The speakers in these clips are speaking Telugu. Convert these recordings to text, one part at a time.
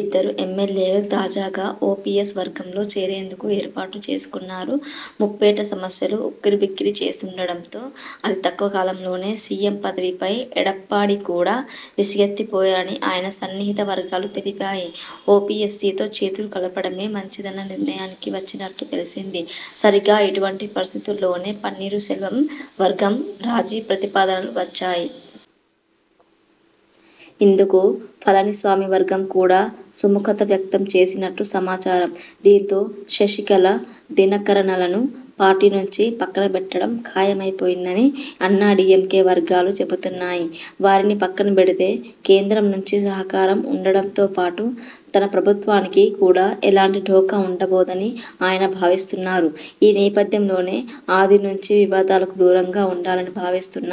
ఇద్దరు ఎమ్మెల్యేలు తాజాగా ఓపీఎస్ వర్గంలో చేరేందుకు ఏర్పాట్లు చేసుకున్నారు. ముప్పేట సమస్యలు ఉక్కిరిబిక్కిరి చేస్తుండడంతో అతి తక్కువ కాలంలోనే సీఎం పదవిపై ఎడప్పాడి కూడా విసుగెత్తిపోయారని ఆయన సన్నిహిత వర్గాలు తెలిపాయి. ఓపీఎ్సతో చేతులు కలపడమే మంచిదన్న నిర్ణయానికి వచ్చినట్లు తెలిసింది. సరిగా, ఇటువంటి పరిస్థితుల్లోనే పన్నీరు సెల్వం వర్గం రాజీ ప్రతిపాదనలు వచ్చాయి. ఇందుకు పళని స్వామి వర్గం కూడా సుముఖత వ్యక్తం చేసినట్లు సమాచారం. దీంతో, శశికళ, దినకరనలను పార్టీ నుంచి పక్కనబెట్టడం ఖాయమైపోయిందని అన్నాడీఎంకే వర్గాలు చెబుతున్నాయి. వారిని పక్కనబెడితే కేంద్రం నుంచి సహకారం ఉండడంతోపాటు తన ప్రభుత్వానికి కూడా ఎలాంటి ఢోకా ఉండబోదని ఆయన భావిస్తున్నారు ఈ నేపథ్యంలోనే, ఆది నుంచీ వివాదాలకు దూరంగా ఉండాలని భావిస్తున్న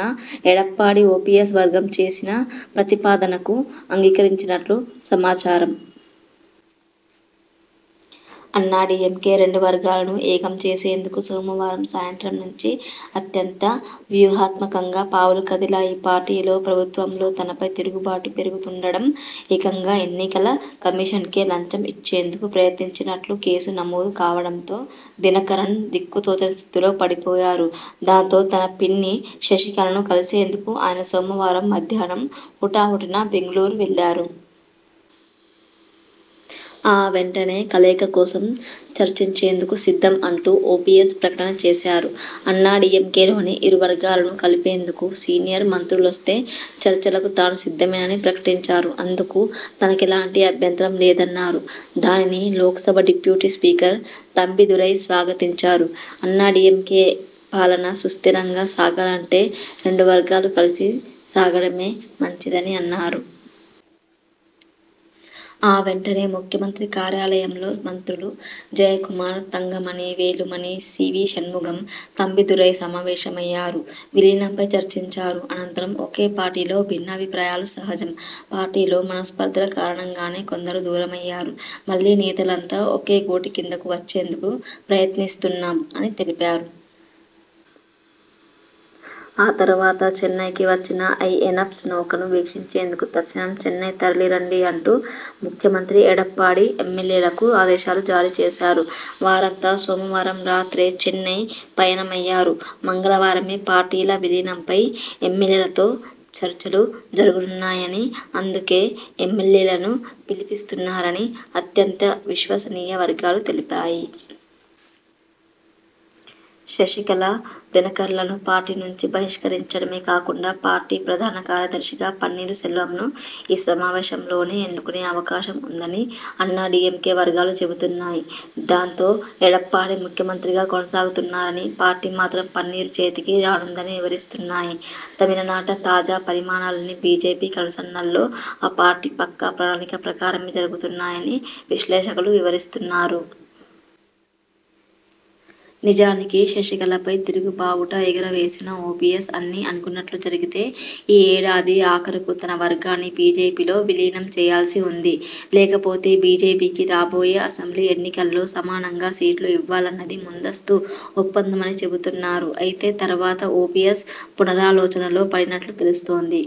ఎడప్పాడి ఓపీఎస్ వర్గం చేసిన ప్రతిపాదనకు అంగీకరించినట్లు సమాచారం. అన్నాడీఎంకే రెండు వర్గాలనూ ఏకం చేసేందుకు సోమవారం సాయంత్రం నుంచి అత్యంత వ్యూహాత్మకంగా పావులు కదిలాయి. పార్టీలో, ప్రభుత్వంలో తనపై తిరుగుబాటు పెరుగుతుండడం, ఏకంగా ఎన్నికల కమిషన్కే లంచం ఇచ్చేందుకు ప్రయత్నించినట్లు కేసు నమోదు కావడంతో దినకరన్ దిక్కు తోచని స్థితిలో పడిపోయారు. దాంతో, తన పిన్ని శశికళను కలిసేందుకు ఆయన సోమవారం మధ్యాహ్నం హుటాహుటిన బెంగళూరు వెళ్లారు. ఆ వెంటనే, 'కలయిక కోసం చర్చించేందుకు సిద్ధం' అంటూ ఓపీఎస్ ప్రకటన చేశారు. అన్నాడీఎంకేలోని ఇరు వర్గాలను కలిపేందుకు సీనియర్ మంత్రులొస్తే చర్చలకు తాను సిద్ధమేని ప్రకటించారు. అందుకు తనకెలాంటి అభ్యంతరం లేదన్నారు. దానిని, లోక్సభ డిప్యూటీ స్పీకర్ తంబిదురై స్వాగతించారు. అన్నాడీఎంకే పాలన సుస్థిరంగా సాగాలంటే రెండు వర్గాలు కలిసి సాగడమే మంచిదని అన్నారు. ఆ వెంటనే, ముఖ్యమంత్రి కార్యాలయంలో మంత్రులు జయకుమార్, తంగమణి, వేలుమణి, సీవీ షణ్ముగం, తంబిదురై సమావేశమయ్యారు. విలీనంపై చర్చించారు. అనంతరం ''ఒకే పార్టీలో భిన్నాభిప్రాయాలు సహజం. పార్టీలో మనస్పర్ధల కారణంగానే కొందరు దూరమయ్యారు. మళ్లీ నేతలంతా ఒకే గూటి కిందకు వచ్చేందుకు ప్రయత్నిస్తున్నాం'' అని తెలిపారు. ఆ తర్వాత 'చెన్నైకి వచ్చిన ఐఎనఎ్స నౌకను వీక్షించేందుకు తక్షణం చెన్నై తరలి రండి' అంటూ ముఖ్యమంత్రి ఎడప్పాడి ఎమ్మెల్యేలకు ఆదేశాలు జారీ చేశారు. వారంతా సోమవారం రాత్రే చెన్నై పయనమయ్యారు. మంగళవారమే పార్టీల 'విలీనం'పై ఎమ్మెల్యేలతో చర్చలు జరగనున్నాయని, అందుకే ఎమ్మెల్యేలను పిలిపిస్తున్నారని అత్యంత విశ్వసనీయ వర్గాలు తెలిపాయి. శశికళ, దినకరన్లను పార్టీ నుంచి బహిష్కరించడమే కాకుండా పార్టీ ప్రధాన కార్యదర్శిగా పన్నీరు సెల్వంను ఈ సమావేశంలోనే ఎన్నుకొనే అవకాశం ఉందని అన్నాడీఎంకే వర్గాలు చెబుతున్నాయి. దాంతో, ఎడప్పాడి ముఖ్యమంత్రిగా కొనసాగుతున్నారని, పార్టీ మాత్రం పన్నీరు చేతికి రానుందని వివరిస్తున్నాయి. తమిళనాట తాజా పరిణామాలన్నీ బీజేపీ కనుసన్నల్లో, ఆ పార్టీ పక్కా ప్రణాళిక ప్రకారమే జరుగుతున్నాయని విశ్లేషకులు వివరిస్తున్నారు. నిజానికి, శశికళపై తిరుగు బావుటా ఎగుర వేసిన ఓపీఎస్ అన్నీ అనుకున్నట్లు జరిగితే ఈ ఏడాది ఆఖరుకు తన వర్గాన్ని బీజేపీలో విలీనం చేయాల్సి ఉంది. లేకపోతే బీజేపీకి రాబోయే అసెంబ్లీ ఎన్నికల్లో సమానంగా సీట్లు ఇవ్వాలన్నది ముందస్తు ఒప్పందమని చెబుతున్నారు. అయితే తర్వాత ఓపీఎస్ పునరాలోచనలో పడినట్లు తెలుస్తోంది.